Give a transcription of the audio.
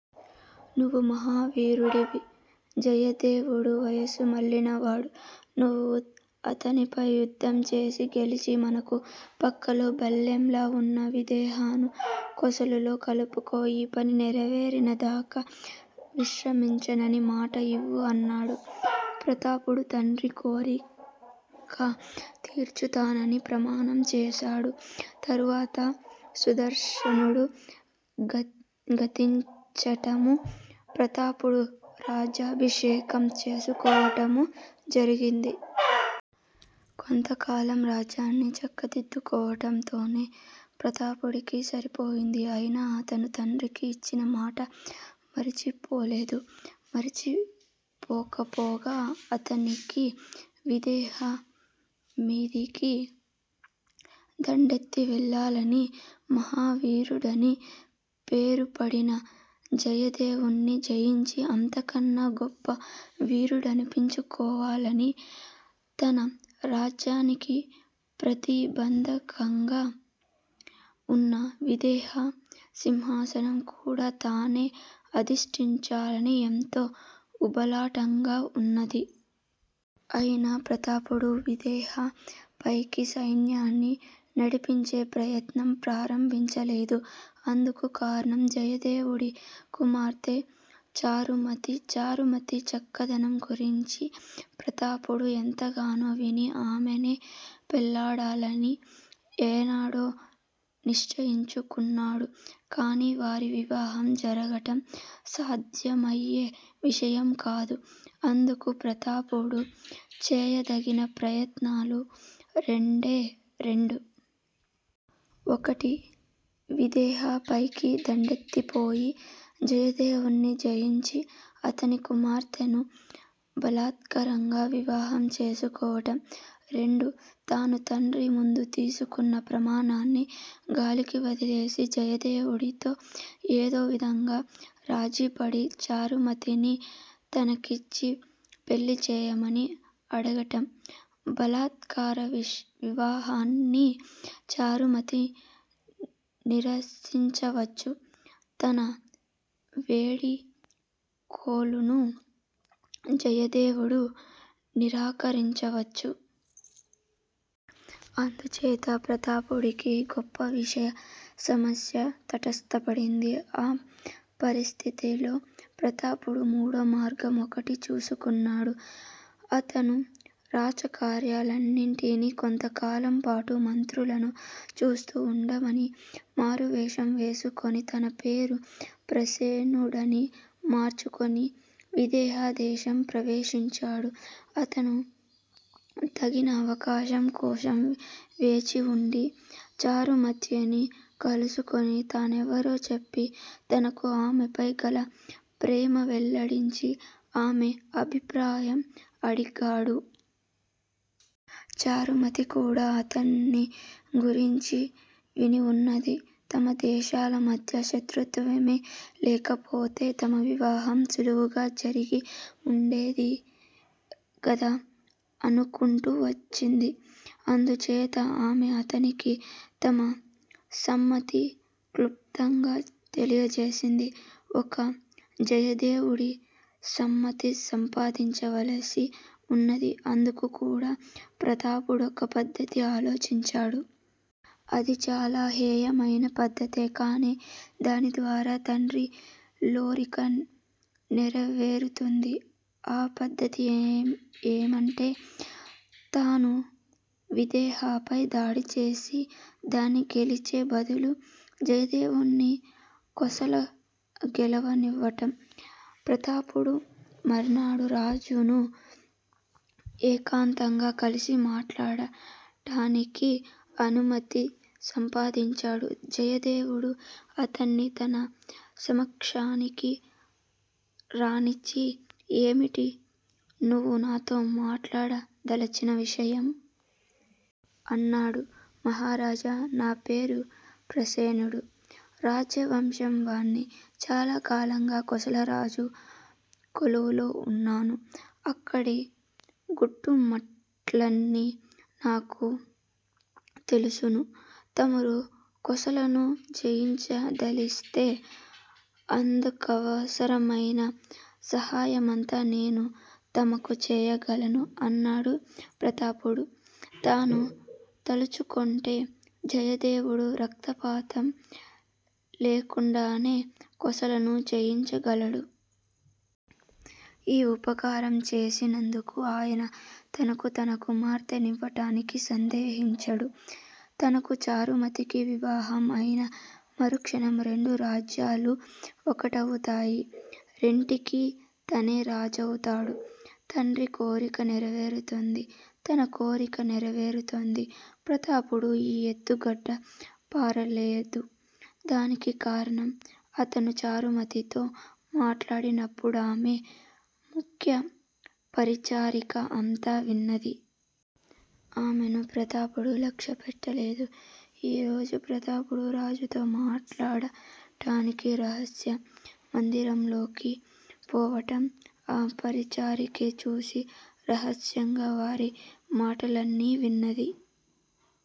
నువ్వు మహావీరుడివి. జయదేవుడు వయస్సు మళ్ళినవాడు. నువ్వు అతనిపై యుద్ధంచేసి, గెలిచి మనకు పక్కలో బల్లెంలా వున్న విదేహను కోసలలో కలుపుకో! ఈ పని నెరవేరినదాకా విశ్రమించనని మాట ఇవ్వు అన్నాడు. ప్రతాపుడు తండ్రి కోరిక తీర్చుతానని ప్రమాణం చేశాడు. తరువాత సుదర్సనుడు గతించటమూ, ప్రతాపుడు రాజ్యాభిషేకం చేసుకోవటమూ జరిగింది. కొంతకాలం రాజ్యాన్ని చక్కదిద్దుకోవటంతోనే ప్రతాపుడికి సరిపోయింది. అయినా అతను తండ్రికి ఇచ్చినమాట మరిచిపోలేదు. మరిచిపోకపోగా అతనికి విదేహ మీదికి దండెత్తి వెళ్ళాలనీ, మహావీరుడని పేరుపడిన జయదేవున్ని జయించి, అంతకన్నా గొప్ప వీరుడనిపించుకోవాలనీ, తన రాజ్యానికి ప్రతిబంధకంగా వున్న విదేహ సింహాసనం కూడా తానే అధిష్టించాలనీ ఎంతో ఉబలాటంగా ఉన్నది. అయినా ప్రతాపుడు విదేహ పైకి సైన్యాన్ని నడిపించే ప్రయత్నం ప్రారంభించలేదు. అందుకు కారణం జయదేవుడి కుమార్తె చారుమతి. చారుమతి చక్కదనం గురించి ప్రతాపుడు ఎంతగానో విని, ఆమెనే పెళ్ళాడాలని ఏనాడో నిశ్చయించుకున్నాడు. కానీ వారి వివాహం జరగటం సాధ్యమయ్యే విషయం కాదు. అందుకు ప్రతాపుడు చేయదగిన ప్రయత్నాలు రెండే రెండు. ఒకటి- విదేహ పైకి దండెత్తిపోయి, జయదేవున్ని జయించి, అతని కుమార్తెను బలాత్కారంగా వివాహం చేసుకోవటం, రెండు తాను తండ్రి ముందు తీసుకున్న ప్రమాణాన్ని గాలికి వదిలేసి, జయదేవుడితో ఏదో విధంగా రాజీపడి, చారుమతిని తనకిచ్చి పెళ్ళిచెయ్యమని అడగటం. బలాత్కార వివాహాన్ని చారుమతి నిరసించవచ్చు. తన వేడికోలును జయదేవుడు నిరాకరించవచ్చు. అందుచేత ప్రతాపుడికి గొప్ప విషమ సమస్య తటస్థపడింది. ఆ పరిస్థితిలో ప్రతాపుడు మూడోమార్గం ఒకటి చూసుకున్నాడు. అతను రాచకార్యాలన్నిటినీ కొంతకాలంపాటు మంత్రులను చూస్తూ వుండమని, మారువేషం వేసుకుని, తన పేరు ప్రసేనుడని మార్చుకుని విదేహ దేశం ప్రవేశించాడు. అతను తగిన అవకాశం కోసం వేచివుండి చారుమత్య్ని కలుసుకుని, తానెవరో చెప్పి, తనకు ఆమెపై గల ప్రేమ వెల్లడించి, ఆమె అభిప్రాయం అడిగాడు. చారుమతి కూడా అతన్ని గురించి వినివున్నది. తమ దేశాల మధ్య శత్రుత్వమే లేకపోతే తమ వివాహం సులువుగా జరిగి ఉండేదిగదా అనుకుంటూ వచ్చింది. అందుచేత ఆమె అతనికి తమ సమ్మతి క్లుప్తంగా తెలియజేసింది. ఇక జయదేవుడి సమ్మతి సంపాదించవలసి వున్నది. అందుకు కూడా ప్రతాపుడొక పద్దతి ఆలోచించాడు. అది చాలా హేయమైన పద్దతే! కాని దానిద్వారా తండ్రి లోరిక నెరవేరుతుంది. ఆ పద్దతి ఏమంటే, తాను విదేహపై దాడిచేసి దాన్ని గెలిచే బదులు, జయదేవున్ని కోసల గెలవ నివ్వటం! ప్రతాపుడు మర్నాడు రాజును ఏకాంతంగా కలిసి మాట్లాడటానికి అనుమతి సంపాదించాడు. జయదేవుడు అతన్ని తన సమక్షానికి రానిచ్చి ఏమిటి నువ్వు నాతో మాట్లాడదలచిన విషయం? అన్నాడు. మహారాజా, నా పేరు ప్రసేనుడు. రాజవంశంవాణ్ణి. చాలా కాలంగా కోసల రాజు కొలువులో వున్నాను. అక్కడి గుట్టుమట్లన్నీ నాకు తెలుసును. తమరు కోసలను జయించదలిస్తే, అందుకవసరమైన సహాయమంతా నేను తమకు చెయ్యగలను అన్నాడు ప్రతాపుడు. తాను తలుచుకుంటే జయదేవుడు రక్తపాతం లేకుండానే కోసలను జయించగలడు. ఈ ఉపకారం చేసినందుకు ఆయన తనకు తన కుమార్తె నివ్వటానికి సందేహించడు. తనకూ చారుమతికీ వివాహం అయిన మరుక్షణం రెండు రాజ్యాలూ ఒకటవుతాయి, రెంటికీ తనే రాజవుతాడు. తండ్రి కోరికా నెరవేరుతుంది. తన కోరికా నెరవేరుతుంది. ప్రతాపుడి ఈ ఎత్తుగడ పారలేదు. దానికి కారణం అతను చారుమతితో మాట్లాడినప్పుడామె ముఖ్య పరిచారిక అంతా విన్నది. ఆమెను ప్రతాపుడు లక్ష్యపెట్టలేదు. ఈ రోజు ప్రతాపుడు రాజుతో మాట్లాడటానికి రహస్య మందిరంలోకి పోవటం ఆ పరిచారికే చూసి, రహస్యంగా వారి మాటలన్నీ విన్నది.